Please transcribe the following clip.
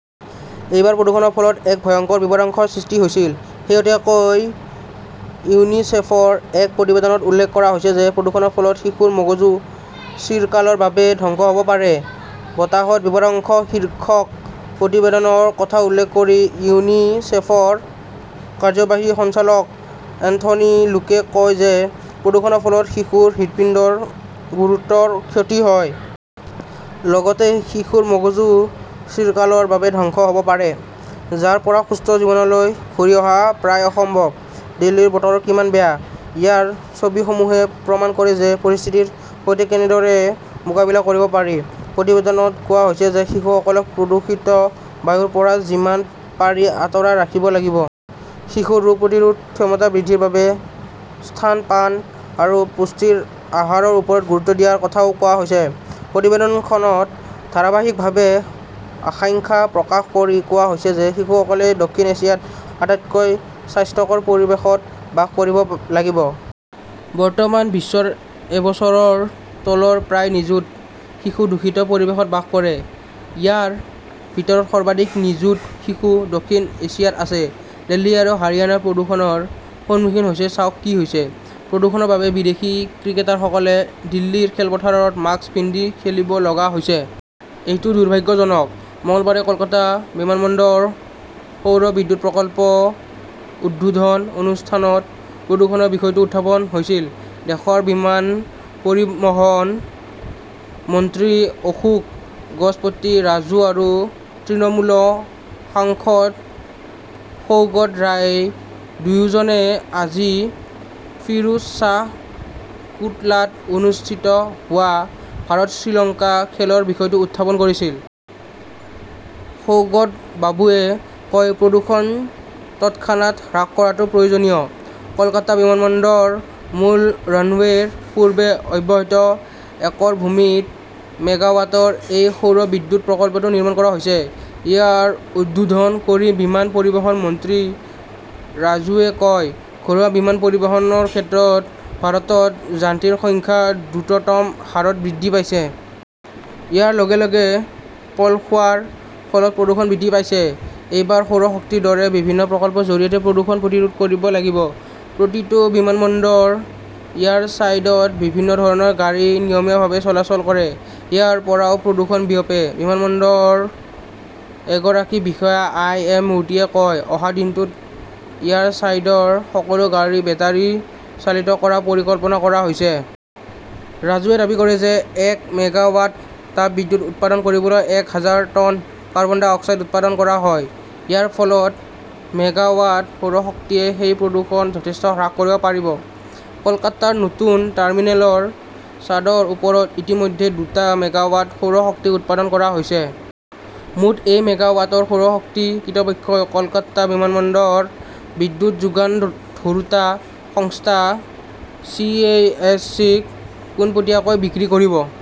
এইবাৰ প্ৰদূষণৰ ফলত এক ভয়ংকৰ বিপদাশংকাৰ সৃষ্টি হৈছিল। শেহতীয়াকৈ ইউনিচেফৰ এক প্ৰতিবেদনত উল্লেখ কৰা হৈছে যে প্ৰদূষণৰ ফলত শিশুৰ মগজু চিৰকালৰ বাবে ধ্বংস হ 'ব পাৰে। 'বতাহত বিপদাশংকা শীৰ্ষক প্ৰতিবেদনৰ কথা উল্লেখ কৰি ইউনিচেফৰ কাৰ্যবাহী সঞ্চালক এন্থনী লেকে কয় যে প্ৰদূষণৰ ফলত শিশুৰ হৃদপিণ্ডৰ গুৰুতৰ ক্ষতি হয়। লগতে শিশুৰ মগজু চিৰকালৰ বাবে ধ্বংস হব পাৰে। য 'ৰ পৰা সুস্থ জীৱনলৈ ঘূৰি অহা প্ৰায় অসম্ভৱ। দিল্লীৰ বতৰ কিমান বেয়া? এই ছবিসমূহে প্ৰমাণ কৰে যে পৰিস্থিতিৰ সৈতে কেনেদৰে মোকাবিলা কৰিব পাৰি? প্ৰতিবেদনত কোৱা হৈছে যে শিশুসকলক প্ৰদূষিত বায়ুৰ পৰা যিমান পাৰি আঁতৰাই ৰাখিব লাগিব। শিশুৰ ৰোগ প্ৰতিৰোধ ক্ষমতা বৃদ্ধিৰ বাবে স্তনপান আৰু পুষ্টিৰ আহাৰৰ ওপৰত গুৰুত্ব দিয়াৰ কথাও কোৱা হৈছে। প্ৰতিবেদনখনত ধাৰাবাহিকভাৱে আশংকা প্ৰকাশ কৰি কোৱা হৈছে যে শিশুসকলে দক্ষিণ এছিয়াত আটাইতকৈ স্বাস্থ্যকৰ পৰিৱেশত বাস কৰিব লাগিব। বৰ্তমান বিশ্বত এবছৰৰ তলৰ প্ৰায় নিযুত শিশু দূষিত পৰিৱেশত বাস কৰে। ইয়াৰ ভিতৰত সৰ্বাধিক নিযুত শিশু দক্ষিণ এছিয়াত আছে। দিল্লী আৰু হাৰিয়ানা প্ৰদূষণৰ সন্মুখীন হৈছে চাওক কি হৈছে! প্ৰদূষণৰ বাবে বিদেশী ক্ৰিকেটাৰসকলে দিল্লীৰ খেলপথাৰত মাস্ক পিন্ধি খেলিব লগা হৈছে। এইটো দুৰ্ভাগ্যজনক! মঙলবাৰে কলকাতা বিমানবন্দৰত সৌৰ বিদ্যুৎ প্ৰকল্প উদ্বোধন অনুষ্ঠানত প্ৰদূষণৰ বিষয়টো উত্থাপন হৈছিল। দেশৰ বিমান পৰিবহণ মন্ত্ৰী অশোক গজপতি ৰাজু আৰু তৃণমূল সাংসদ সৌগত ৰয় দুয়োজনে আজি ফিৰোজ শ্বাহ কোটলাত অনুষ্ঠিত হোৱা ভাৰত-শ্ৰীলংকা খেলৰ বিষয়টো উত্থাপন কৰিছিল। সৌগতবাবুৱে কয়, প্ৰদূষণ তৎক্ষণাত হ্ৰাস কৰাটো প্ৰয়োজনীয়। কলকাতা বিমানবন্দৰৰ মূল ৰানৱেৰ পূৰ্বে অব্যৱহৃত একৰ ভূমিত মেগাৱাটৰ এই সৌৰ বিদ্যুৎ প্ৰকল্পটো নিৰ্মাণ কৰা হৈছে। ইয়াৰ উদ্বোধন কৰি বিমান পৰিবহণ মন্ত্ৰী ৰাজুৱে কয়, ঘৰুৱা বিমান পৰিবহণৰ ক্ষেত্ৰত ভাৰতত যাত্ৰীৰ সংখ্যা দ্ৰুততম হাৰত বৃদ্ধি পাইছে। ইয়াৰ লগে লগে পলসুৱাৰ ফলত প্ৰদূষণ বৃদ্ধি পাইছে। এইবাৰ সৌৰ শক্তিৰ দৰে বিভিন্ন প্ৰকল্পৰ জৰিয়তে প্ৰদূষণ প্ৰতিৰোধ কৰিব লাগিব। প্ৰতিটো বিমানবন্দৰৰ এয়াৰচাইডত বিভিন্ন ধৰণৰ গাড়ী নিয়মীয়াভাৱে চলাচল কৰে। ইয়াৰ পৰাও প্ৰদূষণ বিয়পে। বিমানবন্দৰৰ এগৰাকী বিষয়া আই এম মূৰ্তিয়ে কয়, অহা দিনটোত এয়াৰচাইডৰ সকলো গাড়ী বেটাৰি চালিত কৰাৰ পৰিকল্পনা কৰা হৈছে। ৰাজুৱে দাবী কৰে যে এক মেগাৱাট তাপবিদ্যুৎ উৎপাদন কৰিবলৈ এক হাজাৰ টন কাৰ্বন-ডাই অক্সাইড উৎপাদন কৰা হয়। ইয়াৰ ফলত মেগাৱাট সৌৰশক্তিয়ে সেই প্ৰদূষণ যথেষ্ট হ্ৰাস কৰিব পাৰিব। কলকাতাৰ নতুন টাৰ্মিনেলৰ ছাদৰ ওপৰত ইতিমধ্যে দুটা মেগাৱাট সৌৰ শক্তি উৎপাদন কৰা হৈছে। মুঠ এই মেগাৱাট সৌৰ শক্তি কৰ্তৃপক্ষই কলকাতা বিমানবন্দৰৰ বিদ্যুৎ যোগান ধৰোঁতা সংস্থা চিইএছচিক পোনপটীয়াকৈ বিক্ৰী কৰিব।